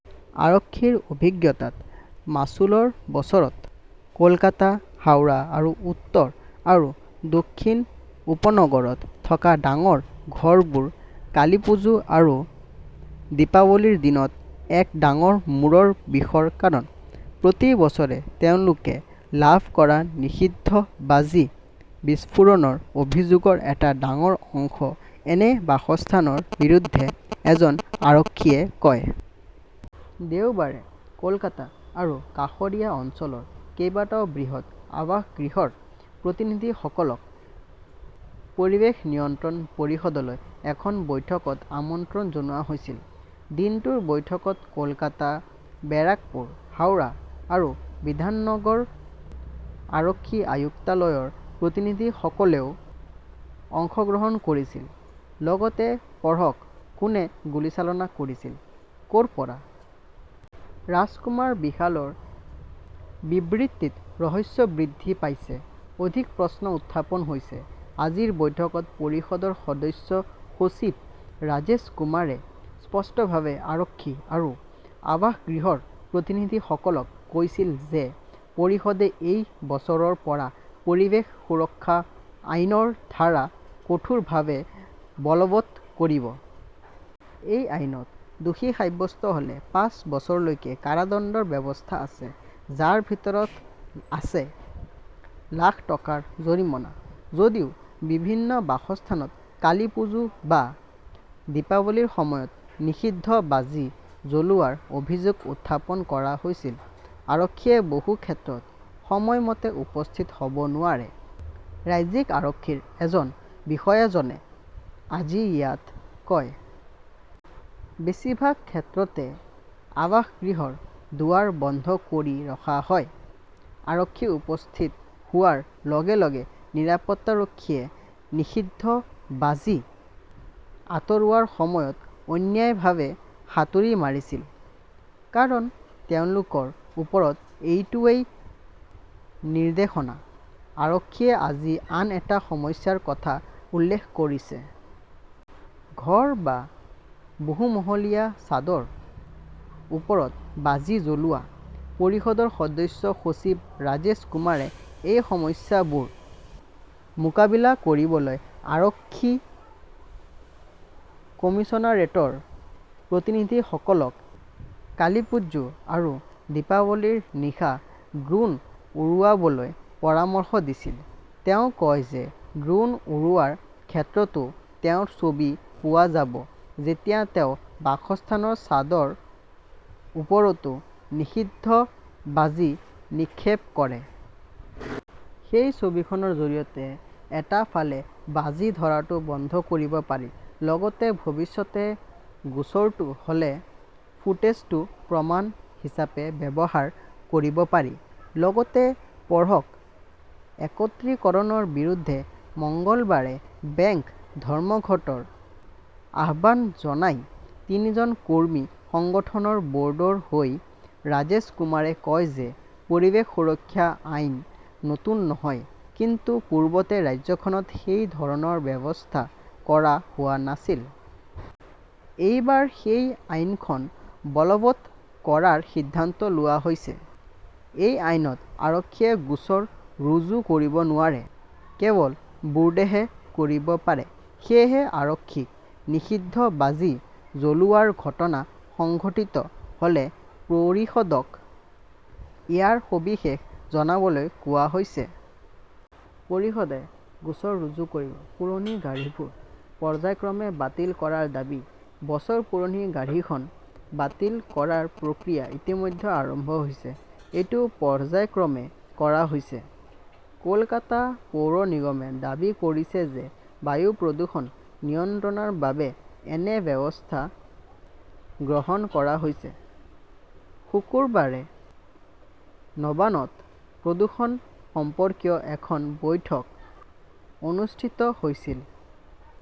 আৰক্ষীৰ অভিজ্ঞতাত, মাচুলৰ বছৰত, কলকাতা, হাওৰা আৰু উত্তৰ আৰু দক্ষিণ উপনগৰত থকা ডাঙৰ ঘৰবোৰ কালীপুজো আৰু দীপাৱলীৰ দিনত এক ডাঙৰ মূৰৰ বিষৰ কাৰণ। প্ৰতি বছৰে তেওঁলোকে লাভ কৰা নিষিদ্ধ বাজি বিস্ফোৰণৰ অভিযোগৰ এটা ডাঙৰ অংশ এনে বাসস্থানৰ বিৰুদ্ধে, এজন আৰক্ষীয়ে কয়। দেওবাৰে কলকাতা আৰু কাষৰীয়া অঞ্চলৰ কেইবাটাও বৃহৎ আৱাসগৃহৰ প্ৰতিনিধিসকলক পৰিৱেশ নিয়ন্ত্ৰণ পৰিষদলৈ এখন বৈঠকত আমন্ত্ৰণ জনোৱা হৈছিল। দিনটোৰ বৈঠকত কলকাতা, বেৰাকপুৰ, হাওৰা আৰু বিধাননগৰ আৰক্ষী আয়ুক্তালয়ৰ প্ৰতিনিধিসকলেও অংশগ্ৰহণ কৰিছিল। লগতে পঢ়ক কোনে গুলীচালনা কৰিছিল, কৰ পৰা? ৰাজকুমাৰ বিশালৰ বিবৃতিত ৰহস্য বৃদ্ধি পাইছে, অধিক প্ৰশ্ন উত্থাপন হৈছে আজিৰ বৈঠকত পৰিষদৰ সদস্য সচিব ৰাজেশ কুমাৰে স্পষ্টভাৱে আৰক্ষী আৰু আৱাসগৃহৰ প্ৰতিনিধিসকলক কৈছিল যে পৰিষদে এই বছৰৰ পৰা পৰিৱেশ সুৰক্ষা আইন ৰ ধাৰা কঠোৰভাৱে বলৱৎ কৰিব। এই আইনত দোষী সাব্যস্ত হ'লে পাঁচ বছৰলৈকে কাৰাদণ্ডৰ ব্যৱস্থা আছে, যাৰ ভিতৰত আছে লাখ টকাৰ জৰিমনা। যদিও বিভিন্ন বাসস্থানত কালীপুজো বা দীপাৱলীৰ সময়ত নিষিদ্ধ বাজি জ্বলোৱাৰ অভিযোগ উত্থাপন কৰা হৈছিল, আৰক্ষীয়ে বহু ক্ষেত্ৰত সময়মতে উপস্থিত হ'ব নোৱাৰে, ৰাজ্যিক আৰক্ষীৰ এজন বিষয়াজনে আজি ইয়াত কয়। বেছিভাগ ক্ষেত্ৰতে আৱাসগৃহৰ দুৱাৰ বন্ধ কৰি ৰখা হয়। আৰক্ষী উপস্থিত হোৱাৰ লগে - লগে নিৰাপত্তাৰক্ষীয়ে নিষিদ্ধ বাজি আঁতৰোৱাৰ সময়ত অন্যায়ভাৱে হাতুৰি মাৰিছিল। কাৰণ তেওঁলোকৰ ওপৰত এইটোৱেই নিৰ্দেশনা। আৰক্ষীয়ে আজি আন এটা সমস্যাৰ কথা উল্লেখ কৰিছে। ঘৰ বা বহুমহলীয়া ছাদৰ ওপৰত বাজি জ্বলোৱা। পৰিষদৰ সদস্য সচিব ৰাজেশ কুমাৰে এই সমস্যাবোৰ মোকাবিলা কৰিবলৈ আৰক্ষী কমিছনাৰেটৰ প্ৰতিনিধিসকলক কালিপ্পুজো আৰু দীপাৱলীৰ নিশা ড্ৰোন উৰুৱাবলৈ পৰামৰ্শ দিছিল। তেওঁ কয় যে ড্ৰোন উৰোৱাৰ ক্ষেত্ৰতো তেওঁৰ ছবি পোৱা যাব যেতিয়া তেওঁ বাসস্থানৰ ছাদৰ ওপৰতো নিষিদ্ধ বাজি নিক্ষেপ কৰে। সেই ছবিখনৰ জৰিয়তে এটা ফালে বাজি ধৰাটো বন্ধ কৰিব পাৰি, লগতে ভৱিষ্যতে গোচৰটো হ'লে ফুটেজটো প্ৰমাণ হিচাপে ব্যৱহাৰ কৰিব পাৰি। লগতে পঢ়ক একত্ৰীকৰণৰ বিৰুদ্ধে মঙলবাৰে বেংক ধৰ্মঘটৰ আহ্বান জনাই তিনিজন কৰ্মী সংগঠনৰ বৰ্ডৰ হৈ ৰাজেশ কুমাৰে কয় যে পৰিৱেশ সুৰক্ষা আইন নতুন নহয় কিন্তু পূৰ্বতে ৰাজ্যখনত সেই ধৰণৰ ব্যৱস্থা কৰা হোৱা নাছিল। এইবাৰ সেই আইনখন বলৱৎ কৰাৰ সিদ্ধান্ত লোৱা হৈছে। এই আইনত আৰক্ষীয়ে গোচৰ ৰুজু কৰিব নোৱাৰে। কেৱল বোৰ্ডেহে কৰিব পাৰে। সেয়েহে আৰক্ষীক নিষিদ্ধ বাজি জ্বলোৱাৰ ঘটনা সংঘটিত হ'লে পৰিষদক ইয়াৰ সবিশেষ জনাবলৈ কোৱা হৈছে। পৰিষদে গোচৰ ৰুজু কৰিব। পুৰণি গাড়ীবোৰ পৰ্য্যায়ক্ৰমে বাতিল কৰাৰ দাবী বছৰ পুৰণি গাড়ীখন বাতিল কৰাৰ প্ৰক্ৰিয়া ইতিমধ্যে আৰম্ভ হৈছে। এইটো পৰ্য্যায়ক্ৰমে কৰা হৈছে। কলকাতা পৌৰ নিগমে দাবী কৰিছে যে বায়ু প্ৰদূষণ নিয়ন্ত্ৰণৰ বাবে এনে ব্যৱস্থা গ্ৰহণ কৰা হৈছে। শুকুৰবাৰে নবানত প্ৰদূষণ সম্পৰ্কীয় এখন বৈঠক অনুষ্ঠিত হৈছিল।